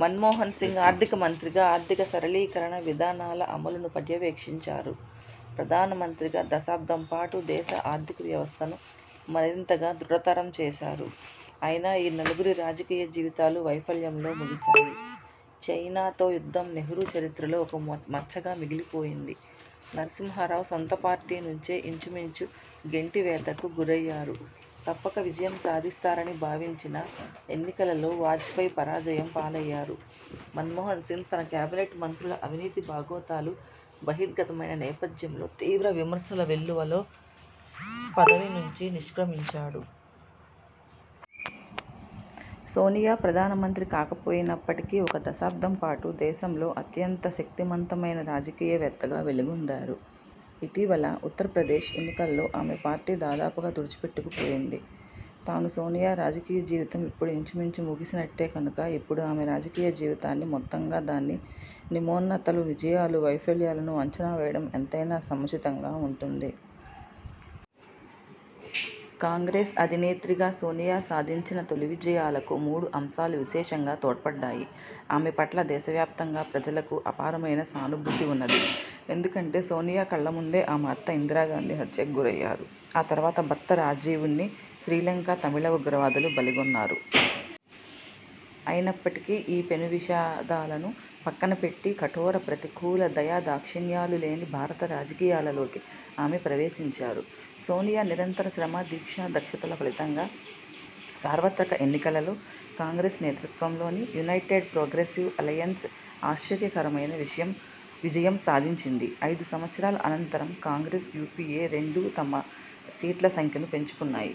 మన్మోహన్ సింగ్ ఆర్థిక మంత్రిగా ఆర్థిక సరళీకరణ విధానాల అమలును పర్యవేక్షించారు. ప్రధానమంత్రిగా దశాబ్దం పాటు దేశ ఆర్థిక వ్యవస్థను మరింతగా దృఢతరం చేశారు. అయినా ఈ నలుగురి రాజకీయ జీవితాలూ వైఫల్యంలో ముగిసాయి. చైనాతో యుద్ధం నెహ్రూ చరిత్రలో ఒక మచ్చగా మిగిలిపోయింది; నరసింహారావు సొంత పార్టీ నుంచే ఇంచుమించు గెంటివేతకు గురయ్యారు; తప్పక విజయం సాధిస్తారని భావించిన ఎన్నికలలో వాజపేయి పరాజయం పాలయ్యారు; మన్మోహన్ సింగ్, తన కేబినెట్ మంత్రుల అవినీతి బాగోతాలు బహిర్గతమయిన నేపథ్యంలో తీవ్ర విమర్శల వెల్లువలో పదవినుంచి నిష్ర్కమించారు. సోనియా ప్రధానమంత్రి కాకపోయినప్పటికీ ఒక దశాబ్దం పాటు దేశంలో అత్యంత శక్తిమంతమైన రాజకీయవేత్తగా వెలుగొందారు. ఇటీవలి ఉత్తరప్రదేశ్ ఎన్నికల్లో ఆమె పార్టీ దాదాపుగా తుడిచిపెట్టుకు పోయింది. తాను, సోనియా రాజకీయ జీవితం ఇప్పుడు ఇంచుమించు ముగిసినట్టే. కనుక ఇప్పుడు ఆమె రాజకీయ జీవితాన్ని మొత్తంగా దాని నిమ్నోన్నతాలు, విజయాలూ వైఫల్యాలను అంచనా వేయడం ఎంతైనా సముచితంగా ఉంటుంది. కాంగ్రెస్ అధినేత్రిగా సోనియా సాధించిన తొలి విజయాలకు మూడు అంశాలు విశేషంగా తోడ్పడ్డాయి. ఆమె పట్ల దేశవ్యాప్తంగా ప్రజలకు అపారమైన సానుభూతి వున్నది. ఎందుకంటే సోనియా కళ్ళ ముందే ఆమె అత్త ఇందిరాగాంధీ హత్యకు గురయ్యారు. ఆ తరువాత భర్త రాజీవ్ను శ్రీలంక తమిళ ఉగ్రవాదులు బలిగొన్నారు. అయినప్పటికీ ఈ పెను విషాదాలను పక్కన పెట్టి కఠోర, ప్రతికూల దయాదాక్షిణ్యాలు లేని భారత రాజకీయాలలోకి ఆమె ప్రవేశించారు. సోనియా నిరంతర శ్రమ, దీక్షా దక్షతల ఫలితంగా సార్వత్రక ఎన్నికలలో కాంగ్రెస్ నేతృత్వంలోని యునైటెడ్ ప్రోగ్రెసివ్ అలయెన్స్ ఆశ్చర్యకరమైన విజయం సాధించింది. ఐదు సంవత్సరాల అనంతరం కాంగ్రెస్, యూపీఏ రెండూ తమ సీట్ల సంఖ్యను పెంచుకున్నాయి.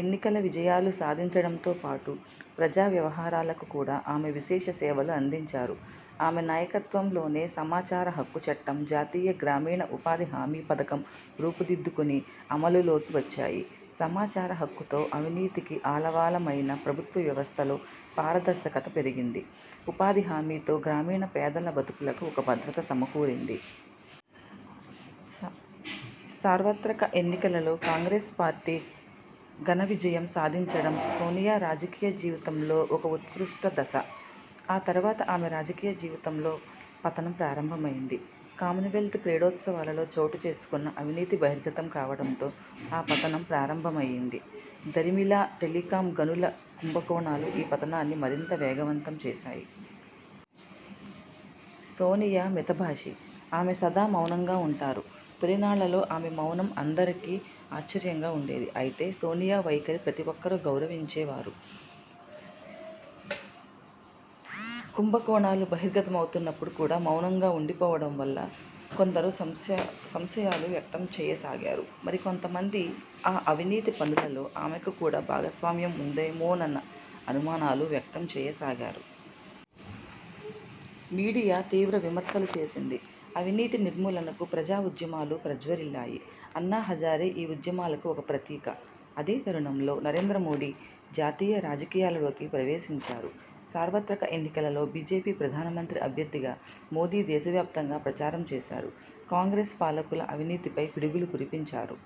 ఎన్నికల విజయాలు సాధించడంతో పాటు ప్రజా వ్యవహారాలకు కూడా ఆమె విశేష సేవలు అందించారు. ఆమె నాయకత్వంలోనే సమచార హక్కు చట్టం, జాతీయ గ్రామీణ ఉపాధి హామీ పథకం రూపు దిద్దుకుని అమలులోకి వచ్చాయి. సమాచారహక్కుతో, అవినీతికి ఆలవాలమైన ప్రభుత్వ వ్యవస్థలో పారదర్శకత పెరిగింది. ఉపాధి హామీతో గ్రామీణ పేదల బతుకులకు ఒక భద్రత సమకూరింది. సార్వత్రక ఎన్నికలలో కాంగ్రెస్ పార్టీ ఘన విజయం సాధించడం సోనియా రాజకీయ జీవితంలో ఒక ఉత్కృష్ట దశ. ఆ తరువాత ఆమె రాజకీయ జీవితంలో పతనం ప్రారంభమయింది. కామన్వెల్త్ క్రీడోత్సవాలలో చోటుచేసుక్ను అవినీతి బహిర్గతం కావడంతో ఆ పతనం ప్రారంభమయింది. దరిమిలా టెలికామ్, గనుల కుంభకోణాలు ఆ పతనాన్ని మరింత వేగవంతం చేశాయి. సోనియా మితభాషి. ఆమె సదా మౌనంగా వుంటారు. తొలినాళ్ళలో ఆమె మౌనం అందరికీ ఆశ్చర్యంగా వుండేది. అయితే సోనియా వైఖరిని ప్రతి ఒక్కరూ గౌరవించేవారు. కుంభకోణాలు బహిర్గతమవుతున్నప్పుడు కూడా మౌనంగా వుండిపోవడం పట్ల కొందరు సంశయాలు వ్యక్తంచేయసాగారు. మరికొంత మంది ఆ అవినీతి పనులలో ఆమెకు కూడా భాగస్వామ్యం వుందేమోనన్న అనుమానాలు వ్యక్తం చేయసాగారు. మీడియా తీవ్ర విమర్శలు చేసింది. అవినీతి నిర్మూలనకు ప్రజా ఉద్యమాలు ప్రజ్వరిల్లాయి. అన్నా హజారే ఈ ఉద్యమాలకు ఒక ప్రతీక. అదే తరుణంలో నరేంద్ర మోదీ జాతీయ రాజకీయాలలోకి ప్రవేశించారు. సార్వత్రక ఎన్నికలలో బీజేపీ ప్రధానమంత్రి అభ్యర్థిగా మోదీ దేశవ్యాప్తంగా ప్రచారం చేశారు. కాంగ్రెస్ పాలకుల అవినీతిపై పిడుగులు కురిపించారు.